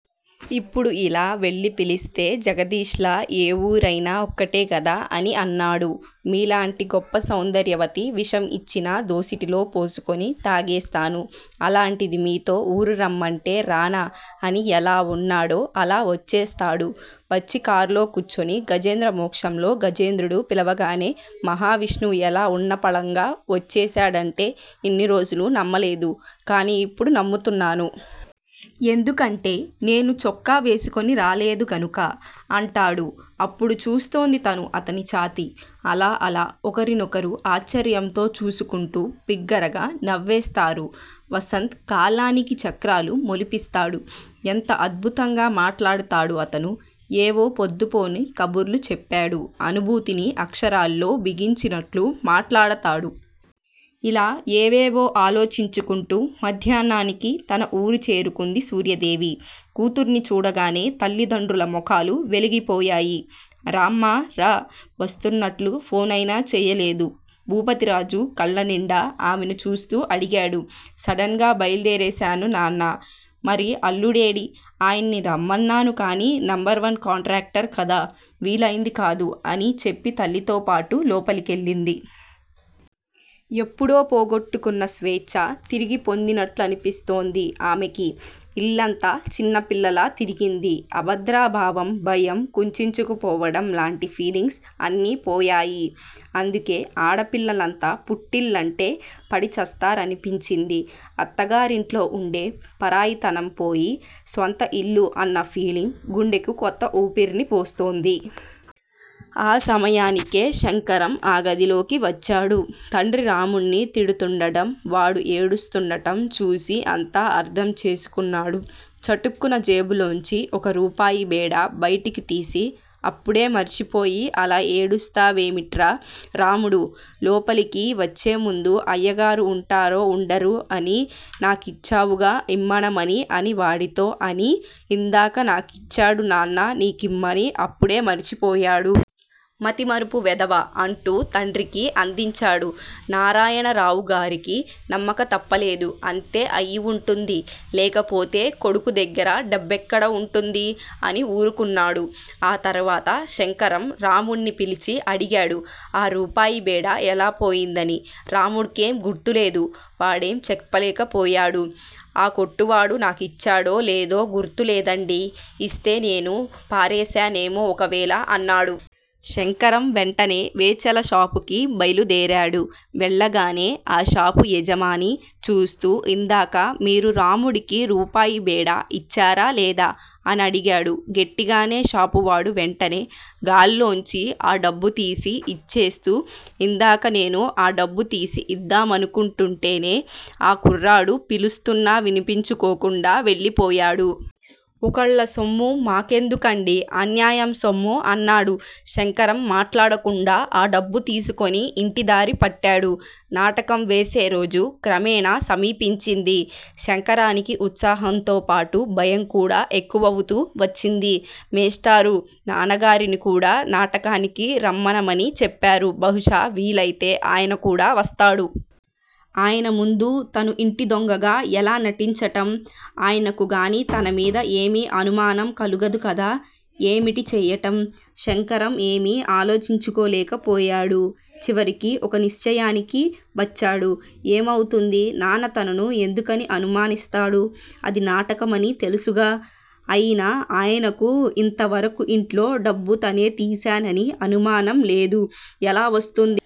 ఇప్పుడు ఇలా వెళ్ళి పిలిస్తే జగదీష్ లా ఏ ఊరయినా ఒక్కటే గదా అని అన్నాడు. మీలాంటి గొప్ప సౌందర్యవతి విషం యిచ్చినా దోసిటిలో పోసుకుని తాగేస్తాను. అలాంటిది మీతో ఊరు రమ్మంటే రానా అని ఎలా వున్నాడో అలా వచ్చేస్తాడు. వచ్చి కార్లో కూర్చుని గజేంద్ర మోక్షంలో గజేంద్రుడు పిలవగానే మహావిష్ణువు ఎలా ఉన్నపళంగా వచ్చేశాడంటే ఇన్ని రోజులూ నమ్మలేదు కానీ ఇప్పుడు నమ్ముతున్నాను. ఎందుకంటే నేను చొక్కా వేసుకుని రాలేదు గనుక అంటాడు. అప్పుడు చూస్తోంది తను అతని ఛాతీ అలా అలా ఒకరినొకరు ఆశ్చర్యంతో చూసుకుంటూ, బిగ్గరగా నవ్వేస్తారు. వసంత్ కాలానికి చక్రాలు మొలిపిస్తాడు. ఎంత అద్భుతంగా మాట్లాడతాడు అతను. ఏవో పొద్దుపోని కబుర్లు చెప్పాడు. అనుభూతిని అక్షరాల్లో బిగించినట్లు మాట్లాడతాడు. ఇలా ఏవేవో ఆలోచించుకుంటూ మధ్యాన్నానికి తన వూరు చేరుకుంది సూర్యదేవి. కూతుర్ని చూడగానే తల్లిదండ్రుల ముఖాలు వెలిగిపోయాయి. రామ్మా! రా! వస్తున్నట్లు ఫోనైనా చెయ్యలేదు భూపతిరాజు కళ్ళనిండా ఆమెను చూస్తూ అడిగాడు. సడన్ గా బయల్దేరేశాను నాన్నా మరి అల్లుడేడీ? ఆయన్ని రమ్మన్నాను కానీ నెంబర్ వన్ కాంట్రాక్టర్ కదా- వీలయింది కాదు అని చెప్పి తల్లితోపాటు లోపలికెళ్ళింది. ఎప్పుడో పోగొట్టుకున్న స్వేచ్చ తిరిగి పొందినట్లనిపిస్తోంది ఆమెకి. ఇల్లంతా చిన్నపిల్లలా తిరిగింది. అభద్రా భావం, భయం, కుంచించుకుపోవడంలాంటి ఫీలింగ్స్ అన్నీ పోయాయి. అందుకే ఆడపిల్లలంతా పుట్టిళ్ళంటే పడి చస్తారనిపించింది. అత్తగారింట్లో వుండే పరాయితనం పోయి స్వంత ఇల్లు అన్న ఫీలింగ్ గుండెకు కొత్త ఊపిర్ని పోస్తోంది. ఆ సమయానికే శంకరం ఆ గదిలోకి వచ్చాడు. తండ్రి రాముణ్ణి తిడుతుండడం, వాడు ఏడుస్తూండటం చూసి అంతా అర్ధంచేసుకున్నాడు. చటుక్కున జేబులోంచి ఒక రూపాయి బేడా బయటికు తీసి అప్పుడే మరిచిపోయి అలా ఏడుస్తావేమిట్రా రాముడూ! లోపలికి వచ్చేముందు అయ్యగారు వుంటారో వుండరో అని నాకిచ్చావుగా ఇమ్మనమని అని వాడితో అని ఇందాక నాకిచ్చాడు నాన్నా నీకిమ్మని, అప్పుడే మరిచిపోయాడు. మతిమరుపు వెధవ! అంటూ తండ్రికి అందించ్చాడు. నారాయణరావుగారికి నమ్మక తప్పలేదు. అంతే అయ్యివుంటుంది లేకపోతే కొడుకుదగ్గిర డబ్బెక్కడ వుంటుంది? అని వూరుకున్నాడు. ఆ తర్వాత శంకరం, రాముడ్ని పిలిచి అడిగాడు ఆ రూపాయి బేడా ఎలా పోయిందని రాముడికేం గుర్తులేదు. వాడేం చెప్పలేకపోయాడు. ఆ కొట్టువాడు నాకిచ్చాడో లేదో గుర్తులేదండి ఇస్తే నేను పారేశానేమో ఒకవేళ అన్నాడు. శంకరం వెంటనే వేచ్చలషాపుకి బయల్దేరాడు. వెళ్ళగానే ఆ షాపు యజమాన్ని చూస్తూ ఇందాక మీరు రాముడికి రూపాయి బేడా యిచ్చారా లేదా? అనడిగాడు గట్టిగానే షాపువాడు వెంటనే గాల్లోంచి ఆ డబ్బుతీసి యిచ్చేస్తూ, ఇందాక నేను ఆ డబ్బు తీసి యిద్దామనుకుంటుంటేనే ఆ కుర్రాడు పిలుస్తున్నా వినిపించుకోకుండా వెళ్ళిపోయాడు. ఒకళ్ళ సొమ్ము మా కెందుకండీ? అన్యాయం సొమ్ము అన్నాడు. శంకరం మాట్లాడకుండా ఆ డబ్బు తీసుకుని యింటిదారి పట్టాడు. నాటకం వేసేరోజు క్రమేణా సమీపించింది. శంకరానికి ఉత్సాహంతో పాటు భయంకూడా ఎక్కువవుతూ వచ్చింది. మేష్టారు నాన్నగారిని కూడా నాటకానికి రమ్మనమని చెప్పారు. బహుశా వీలైతే ఆయనకూడా వస్తాడు. ఆయన ముందు తను ఇంటిదొంగగా ఎలా నటించటం? ఆయనకుగాని తనమీద ఏమీ అనుమానం కలుగదు కదా! ఏమిటి చెయ్యటం? శంకరం ఏమీ ఆలోచించుకోలేకపోయాడు. చివరికి ఒక నిశ్చయానికి వచ్చాడు. ఏమవుతుంది? నాన్న తనను ఎందుకని అనుమానిస్తాడు? అది నాటకమని తెలుసుగా? అయినా ఆయనకు యింతవరకూ యింట్లో డబ్బు తనే తీశానని అనుమానం లేదు. ఎలా వస్తుంద్?